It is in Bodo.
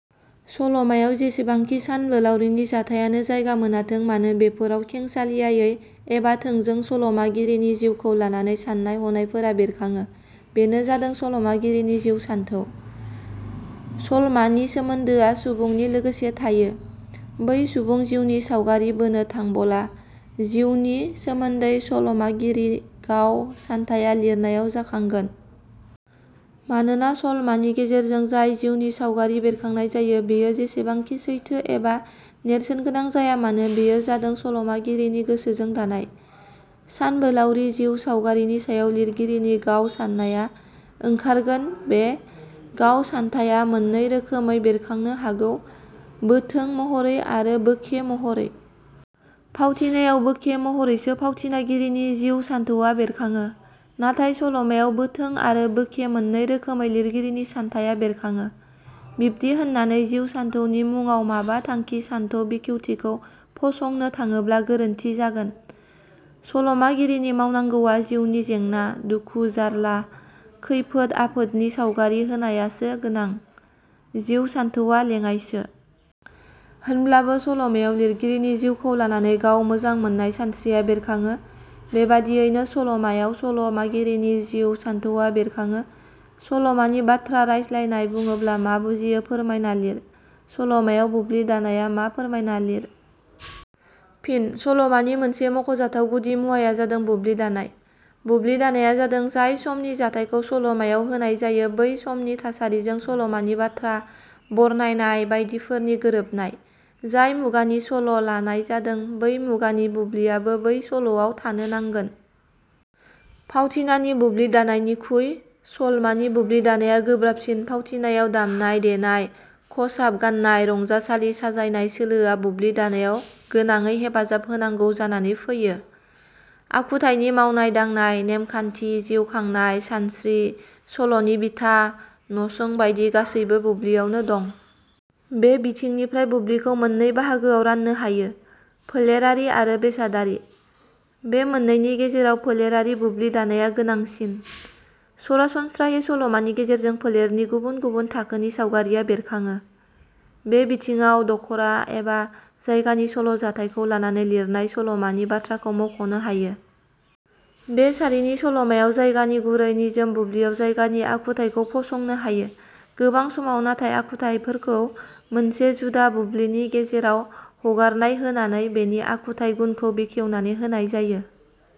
सल'मायाव जेसेबांखि सानबोलावरिनि जाथाइयानो जायगा मोनाथों मानो बेफोराव खेंसालियायै एबा थोंजो सल 'मागिरिनि जिउखौ लानानै साननाय हनायफोरा बेरखाङो बेनो जादों सल'मागिरिनि जिउ सानथौ। सलमानि सोमोन्दोआ सुबुंनि लोगोसे थायो। बै सुबुं जिउनि सावगारि बोनो थांबला जिउनि सोमोन्दै सल 'मागिरि गाव सानथाया लिरनायाव जाखांगोन। मानोना, सलमानि गेजेरजों जाय जिउनि सावगारि बेरखांनाय जायो, बेयो जेसेबांखि सैथो एबा नेरसोनगोनां जायामानो बेयो जादों सल'मागिरिनि गोसोजों दानाय। सानबोलाउरि जिउ सावगारिनि सायाव लिरगिरिनि गाव साननाया ओंखारगोन, बे गाव सानथाया मोननै रोखोमै बेरखांनो हागौ- बोथों महरै आरो बोखे महरै। फावथिनायाव बोखे महरैसो फावथिनागिरिनि जिउ सानथौवा बेरखाङो। नाथाय सलमायाव बोथों आरो बोखे मोननै रोखोमै लिरगिरिनि सानथाया बेरखाङो, बिब्दि होननानै जिउ सानथौनि मुङाव माबा थांखि सानथौ बेखेवथिखौ फसंनो थाङोब्ला गोरोन्थि जागोन। सल 'मागिरिनि मावनांगौवा जिउनि जेंना, दुखु, जाल्ला, खैफोद आफोदनि सावगारि होनायासो गोनां, जिउ सानथौवा लेङाइसो। होमब्लाबो सल'मायाव' लिरगिरिनि जिउखौ लानानै गाव मोजां मोननाय सानस्रिया बेरखाङो, बेबादियैनो सल 'मायाव सल 'मागिरिनि जिउ सानथौवा बेरखाङो। सल 'मानि बाथ्रा रायज्लायनाय बुङोब्ला मा बुजियो फोरमायना लिर। सल 'मायाव बुब्लि दानाया मा फोरमायना लिर। फिन: सल 'मानि मोनसे मख'जाथाव गुदि मुवाया जादों बुब्लि दानाय। बुब्लि दानाया जादों जाय समनि जाथाइखौ सल 'मायाव होनाय जायो बै समनि थासारिजों सलमानि बाथ्रा, बरनायनाय बायदिफोरनि गोरोबनाय। जाय मुगानि सल' लानाय जादों बै मुगानि बुब्लियाबो बै सल'आव थानो नांगोन। फावथिनानि बुब्लि दानायनिखुइ सलमानि बुब्लि दानाया गोब्राबसिन फावथिनायाव दामनाय देनाय, खसाब गाननाय रंजासालि साजायनाय सोलोआ बुब्लि दानायाव गोनाङै हेफाजाब होनांगौ जानानै फैयो। आखुथाइनि मावनाय दांनाय, नेमखान्थि जिउ खांनाय सानस्रि, सल 'नि बिथा, नसं बायदि गासैबो बुब्लियावनो दं। बे बिथिंनिफ्राय बुब्लिखौ मोननै बाहागोआव राननो हायो- फोलेरारि आरो बेसादारि। बे मोननैनि गेजेराव फोलेरारि बुब्लि दानाया गोनांसिन। सरासनस्रायै सल'मानि गेजेरजों फोलेरनि गुबुन गुबुन थाखोनि सावगारिया बेरखाङो। बे बिथिङाव दखरा एबा जायगानि सल' जाथायखौ लानानै लिरनाय सल 'मानि, बाथ्राखौ मख 'नो हायो। बे सारिनि सल 'मायाव जायगानि गुरै निजोम बुब्लियाव जायगानि आखुथाइखौ फसंनो हायो। गोबां समाव नाथाय आखुथाइफोरखौ मोनसे जुदा बुब्लिनि गेजेराव हगारनाय होनानै बेनि आखुथाइ गुनखौ बेखेवनानै होनाय जायो।